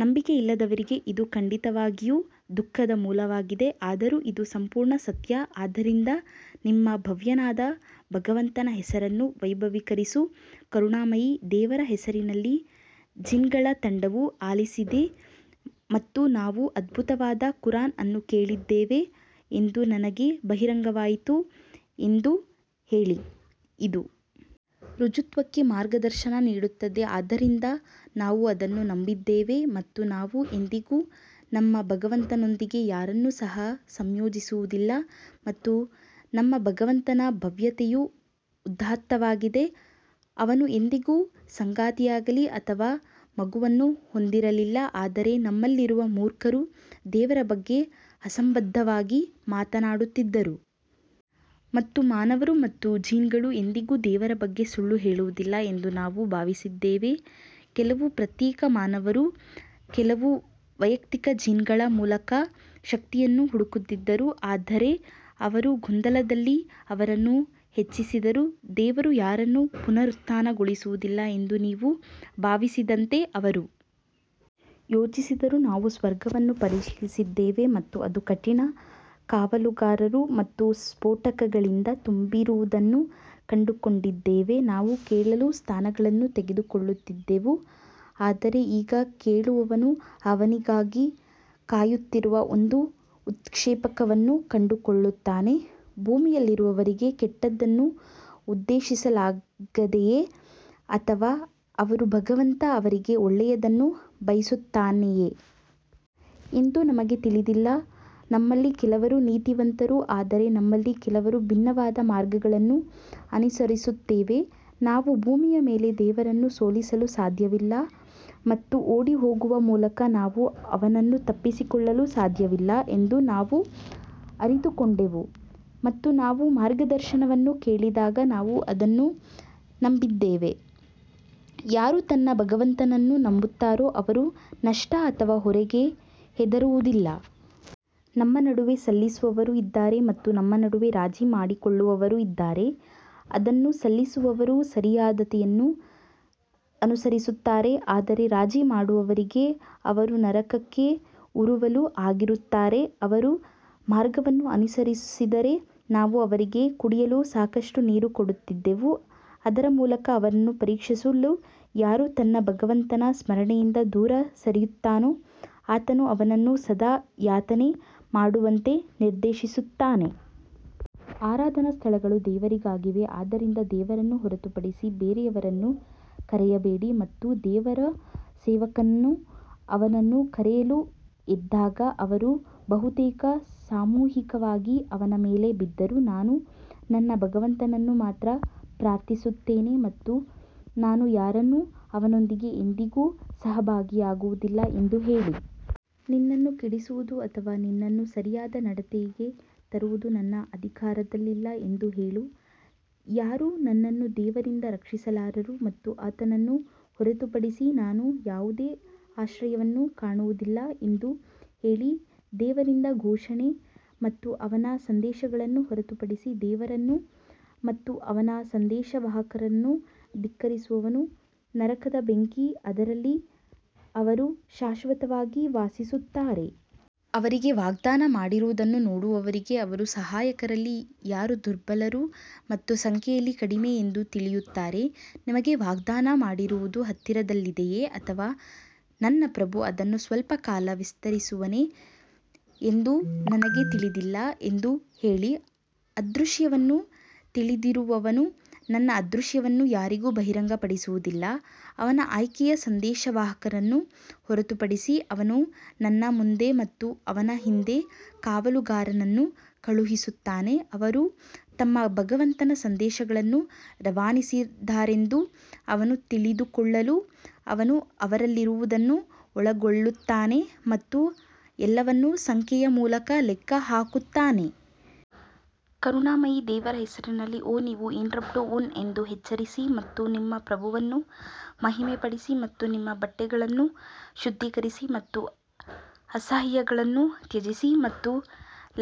ನಂಬಿಕೆಯಿಲ್ಲದವರಿಗೆ ಇದು ಖಂಡಿತವಾಗಿಯೂ ದುಃಖದ ಮೂಲವಾಗಿದೆ ಆದರೂ ಇದು ಸಂಪೂರ್ಣ ಸತ್ಯ ಆದ್ದರಿಂದ ನಿಮ್ಮ ಭವ್ಯನಾದ ಭಗವಂತನ ಹೆಸರನ್ನು ವೈಭವೀಕರಿಸು ಕರುಣಾಮಯಿ ದೇವರ ಹೆಸರಿನಲ್ಲಿ ಜಿನ್ಗಳ ತಂಡವು ಆಲಿಸಿದೆ ಮತ್ತು ನಾವು ಅದ್ಭುತವಾದ ಕುರಾನ್ ಅನ್ನು ಕೇಳಿದ್ದೇವೆ ಎಂದು ನನಗೆ ಬಹಿರಂಗವಾಯಿತು ಎಂದು ಹೇಳಿ. ಇದು ಋಜುತ್ವಕ್ಕೆ ಮಾರ್ಗದರ್ಶನ ನೀಡುತ್ತದೆ ಆದ್ದರಿಂದ ನಾವು ಅದನ್ನು ನಂಬಿದ್ದೇವೆ ಮತ್ತು ನಾವು ಎಂದಿಗೂ ನಮ್ಮ ಭಗವಂತನೊಂದಿಗೆ ಯಾರನ್ನೂ ಸಹ ಸಂಯೋಜಿಸುವುದಿಲ್ಲ ಮತ್ತು ನಮ್ಮ ಭಗವಂತನ ಭವ್ಯತೆಯು ಉದಾತ್ತವಾಗಿದೆ, ಅವನು ಎಂದಿಗೂ ಸಂಗಾತಿಯಾಗಲಿ ಅಥವಾ ಮಗುವನ್ನು ಹೊಂದಿರಲಿಲ್ಲ ಆದರೆ ನಮ್ಮಲ್ಲಿರುವ ಮೂರ್ಖರು ದೇವರ ಬಗ್ಗೆ ಅಸಂಬದ್ಧವಾಗಿ ಮಾತನಾಡುತ್ತಿದ್ದರು ಮತ್ತು ಮಾನವರು ಮತ್ತು ಜಿನ್ಗಳು ಎಂದಿಗೂ ದೇವರ ಬಗ್ಗೆ ಸುಳ್ಳು ಹೇಳುವುದಿಲ್ಲ ಎಂದು ನಾವು ಭಾವಿಸಿದ್ದೇವೆ ಕೆಲವು ಪ್ರತ್ಯೇಕ ಮಾನವರು ಕೆಲವು ವೈಯಕ್ತಿಕ ಜಿನ್ಗಳ ಮೂಲಕ ಶಕ್ತಿಯನ್ನು ಹುಡುಕುತ್ತಿದ್ದರು ಆದರೆ ಅವರು ಗೊಂದಲದಲ್ಲಿ ಅವರನ್ನು ಹೆಚ್ಚಿಸಿದರು ದೇವರು ಯಾರನ್ನೂ ಪುನರುತ್ಥಾನಗೊಳಿಸುವುದಿಲ್ಲ ಎಂದು ನೀವು ಭಾವಿಸಿದಂತೆ ಅವರು ಯೋಚಿಸಿದರು ನಾವು ಸ್ವರ್ಗವನ್ನು ಪರಿಶೀಲಿಸಿದ್ದೇವೆ ಮತ್ತು ಅದು ಕಠಿಣ ಕಾವಲುಗಾರರು ಮತ್ತು ಸ್ಪೋಟಕಗಳಿಂದ ತುಂಬಿರುವುದನ್ನು ಕಂಡುಕೊಂಡಿದ್ದೇವೆ ನಾವು ಕೇಳಲು ಸ್ಥಾನಗಳನ್ನು ತೆಗೆದುಕೊಳ್ಳುತ್ತಿದ್ದೆವು ಆದರೆ ಈಗ ಕೇಳುವವನು ಅವನಿಗಾಗಿ ಕಾಯುತ್ತಿರುವ ಒಂದು ಉತ್ಕ್ಷೇಪಕವನ್ನು ಕಂಡುಕೊಳ್ಳುತ್ತಾನೆ ಭೂಮಿಯಲ್ಲಿರುವವರಿಗೆ ಕೆಟ್ಟದ್ದನ್ನು ಉದ್ದೇಶಿಸಲಾಗಿದೆಯೇ ಅಥವಾ ಅವರ ಭಗವಂತ ಅವರಿಗೆ ಒಳ್ಳೆಯದನ್ನು ಬಯಸುತ್ತಾನೆಯೇ ಎಂದು ನಮಗೆ ತಿಳಿದಿಲ್ಲ ನಮ್ಮಲ್ಲಿ ಕೆಲವರು ನೀತಿವಂತರು ಆದರೆ ನಮ್ಮಲ್ಲಿ ಕೆಲವರು ಭಿನ್ನವಾದ ಮಾರ್ಗಗಳನ್ನು ಅನುಸರಿಸುತ್ತೇವೆ ನಾವು ಭೂಮಿಯ ಮೇಲೆ ದೇವರನ್ನು ಸೋಲಿಸಲು ಸಾಧ್ಯವಿಲ್ಲ ಮತ್ತು ಓಡಿಹೋಗುವ ಮೂಲಕ ನಾವು ಅವನನ್ನು ತಪ್ಪಿಸಿಕೊಳ್ಳಲು ಸಾಧ್ಯವಿಲ್ಲ ಎಂದು ನಾವು ಅರಿತುಕೊಂಡೆವು ಮತ್ತು ನಾವು ಮಾರ್ಗದರ್ಶನವನ್ನು ಕೇಳಿದಾಗ ನಾವು ಅದನ್ನು ನಂಬಿದ್ದೇವೆ, ಯಾರು ತನ್ನ ಭಗವಂತನನ್ನು ನಂಬುತ್ತಾರೋ ಅವರು ನಷ್ಟ ಅಥವಾ ಹೊರೆಗೆ ಹೆದರುವುದಿಲ್ಲ. ನಮ್ಮ ನಡುವೆ ಸಲ್ಲಿಸುವವರು ಇದ್ದಾರೆ ಮತ್ತು ನಮ್ಮ ನಡುವೆ ರಾಜಿ ಮಾಡಿಕೊಳ್ಳುವವರು ಇದ್ದಾರೆ ಅದನ್ನು ಸಲ್ಲಿಸಿದವರು ಸರಿಯಾದತೆಯನ್ನು ಅನುಸರಿಸುತ್ತಾರೆ ಆದರೆ ರಾಜಿ ಮಾಡುವವರಿಗೆ ಅವರು ನರಕಕ್ಕೆ ಉರುವಲು ಆಗಿರುತ್ತಾರೆ ಅವರು ಮಾರ್ಗವನ್ನು ಅನುಸರಿಸಿದ್ದರೆ ನಾವು ಅವರಿಗೆ ಕುಡಿಯಲು ಸಾಕಷ್ಟು ನೀರು ಕೊಡುತ್ತಿದ್ದೆವು ಅದರ ಮೂಲಕ ಅವರನ್ನು ಪರೀಕ್ಷಿಸಲು ಯಾರು ತನ್ನ ಭಗವಂತನ ಸ್ಮರಣೆಯಿಂದ ದೂರ ಸರಿಯುತ್ತಾನೋ ಆತನು ಅವನನ್ನು ಸದಾ ಯಾತನೆ ಮಾಡುವಂತೆ ನಿರ್ದೇಶಿಸುತ್ತಾನೆ. ಆರಾಧನಾ ಸ್ಥಳಗಳು ದೇವರಿಗಾಗಿವೆ ಆದ್ದರಿಂದ ದೇವರನ್ನು ಹೊರತುಪಡಿಸಿ ಬೇರೆಯವರನ್ನು ಕರೆಯಬೇಡಿ ಮತ್ತು ದೇವರ ಸೇವಕನು ಅವನನ್ನು ಕರೆಯಲು ಎದ್ದಾಗ ಅವರು ಬಹುತೇಕ ಸಾಮೂಹಿಕವಾಗಿ ಅವನ ಮೇಲೆ ಬಿದ್ದರು ನಾನು ನನ್ನ ಭಗವಂತನನ್ನು ಮಾತ್ರ ಪ್ರಾರ್ಥಿಸುತ್ತೇನೆ ಮತ್ತು ನಾನು ಯಾರನ್ನೂ ಅವನೊಂದಿಗೆ ಎಂದಿಗೂ ಸಹಭಾಗಿಯಾಗುವುದಿಲ್ಲ ಎಂದು ಹೇಳಿ ನಿನ್ನನ್ನು ಕೆಡಿಸುವುದು ಅಥವಾ ನಿನ್ನನ್ನು ಸರಿಯಾದ ನಡತೆಗೆ ತರುವುದು ನನ್ನ ಅಧಿಕಾರದಲ್ಲಿಲ್ಲ ಎಂದು ಹೇಳು ಯಾರೂ ನನ್ನನ್ನು ದೇವರಿಂದ ರಕ್ಷಿಸಲಾರರು ಮತ್ತು ಆತನನ್ನು ಹೊರತುಪಡಿಸಿ ನಾನು ಯಾವುದೇ ಆಶ್ರಯವನ್ನು ಕಾಣುವುದಿಲ್ಲ ಎಂದು ಹೇಳಿ ದೇವರಿಂದ ಘೋಷಣೆ ಮತ್ತು ಅವನ ಸಂದೇಶಗಳನ್ನು ಹೊರತುಪಡಿಸಿ, ದೇವರನ್ನು ಮತ್ತು ಅವನ ಸಂದೇಶವಾಹಕರನ್ನು ಧಿಕ್ಕರಿಸುವವನು ನರಕದ ಬೆಂಕಿ, ಅದರಲ್ಲಿ ಅವರು ಶಾಶ್ವತವಾಗಿ ವಾಸಿಸುತ್ತಾರೆ. ಅವರಿಗೆ ವಾಗ್ದಾನ ಮಾಡಿರುವುದನ್ನು ನೋಡುವವರೆಗೆ ಅವರು ಸಹಾಯಕರಲ್ಲಿ ಯಾರು ದುರ್ಬಲರು ಮತ್ತು ಸಂಖ್ಯೆಯಲ್ಲಿ ಕಡಿಮೆ ಎಂದು ತಿಳಿಯುತ್ತಾರೆ ನಿಮಗೆ ವಾಗ್ದಾನ ಮಾಡಿರುವುದು ಹತ್ತಿರದಲ್ಲಿದೆಯೇ ಅಥವಾ ನನ್ನ ಪ್ರಭು ಅದನ್ನು ಸ್ವಲ್ಪ ಕಾಲ ವಿಸ್ತರಿಸುವನೇ ಎಂದು ನನಗೆ ತಿಳಿದಿಲ್ಲ ಎಂದು ಹೇಳಿ ಅದೃಶ್ಯವನ್ನು ತಿಳಿದಿರುವವನು ತನ್ನ ಅದೃಶ್ಯವನ್ನು ಯಾರಿಗೂ ಬಹಿರಂಗಪಡಿಸುವುದಿಲ್ಲ ಅವನ ಆಯ್ಕೆಯ ಸಂದೇಶವಾಹಕನನ್ನು ಹೊರತುಪಡಿಸಿ ಅವನು ತನ್ನ ಮುಂದೆ ಮತ್ತು ಅವನ ಹಿಂದೆ ಕಾವಲುಗಾರರನ್ನು ಕಳುಹಿಸುತ್ತಾನೆ ಅವರು ತಮ್ಮ ಭಗವಂತನ ಸಂದೇಶಗಳನ್ನು ರವಾನಿಸಿದ್ದಾರೆಂದು ಅವನು ತಿಳಿದುಕೊಳ್ಳಲು ಅವನು ಅವರಲ್ಲಿರುವುದನ್ನು ಒಳಗೊಳ್ಳುತ್ತಾನೆ ಮತ್ತು ಎಲ್ಲವನ್ನೂ ಸಂಖ್ಯೆಯ ಮೂಲಕ ಲೆಕ್ಕ ಹಾಕುತ್ತಾನೆ. ಕರುಣಾಮಯಿ ದೇವರ ಹೆಸರಿನಲ್ಲಿ ಓ ನೀವು ಎನ್ರೋಬ್ಡ್ ಒನ್ ಎದ್ದು ಎಚ್ಚರಿಸಿ ಮತ್ತು ನಿಮ್ಮ ಪ್ರಭುವನ್ನು ಮಹಿಮೆಪಡಿಸಿ ಮತ್ತು ನಿಮ್ಮ ಬಟ್ಟೆಗಳನ್ನು ಶುದ್ಧೀಕರಿಸಿ ಮತ್ತು ಅಸಹ್ಯಗಳನ್ನು ತ್ಯಜಿಸಿ ಮತ್ತು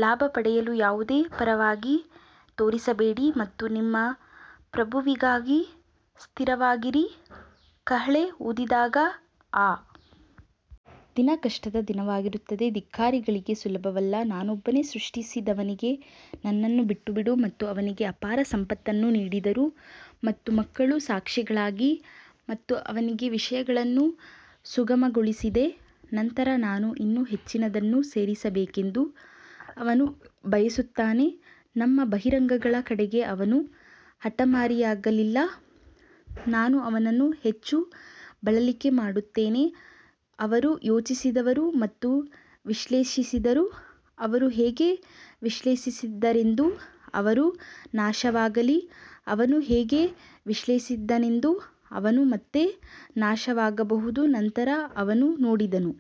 ಲಾಭ ಪಡೆಯಲು ಯಾವುದೇ ಪರವಾಗಿ ತೋರಿಸಬೇಡಿ ಮತ್ತು ನಿಮ್ಮ ಪ್ರಭುವಿಗಾಗಿ ಸ್ಥಿರವಾಗಿರಿ ಕಹಳೆ ಊದಿದಾಗ ಆ ದಿನ ಕಷ್ಟದ ದಿನವಾಗಿರುತ್ತದೆ ಧಿಕ್ಕಾರಿಗಳಿಗೆ ಸುಲಭವಲ್ಲ ನಾನೊಬ್ಬನೇ ಸೃಷ್ಟಿಸಿದವನಿಗೆ ನನ್ನನ್ನು ಬಿಟ್ಟುಬಿಡು ಮತ್ತು ಅವನಿಗೆ ಅಪಾರ ಸಂಪತ್ತನ್ನು ನೀಡಿದರು ಮತ್ತು ಮಕ್ಕಳು ಸಾಕ್ಷಿಗಳಾಗಿ ಮತ್ತು ಅವನಿಗೆ ವಿಷಯಗಳನ್ನು ಸುಗಮಗೊಳಿಸಿದೆ ನಂತರ ನಾನು ಇನ್ನೂ ಹೆಚ್ಚಿನದನ್ನು ಸೇರಿಸಬೇಕೆಂದು ಅವನು ಬಯಸುತ್ತಾನೆ ನಮ್ಮ ಬಹಿರಂಗಗಳ ಕಡೆಗೆ ಅವನು ಹಠಮಾರಿಯಾಗಿರಲಿಲ್ಲ ನಾನು ಅವನನ್ನು ಹೆಚ್ಚು ಬಳಲಿಕೆ ಮಾಡುತ್ತೇನೆ ಅವರು ಯೋಚಿಸಿದರು ಮತ್ತು ವಿಶ್ಲೇಷಿಸಿದರು ಅವರು ಹೇಗೆ ವಿಶ್ಲೇಷಿಸಿದ್ದಾರೆಂದು ಅವರು ನಾಶವಾಗಲಿ ಅವನು ಹೇಗೆ ವಿಶ್ಲೇಷಿಸಿದನೆಂದು ಅವನು ಮತ್ತೆ ನಾಶವಾಗಬಹುದು ನಂತರ ಅವನು ನೋಡಿದನು.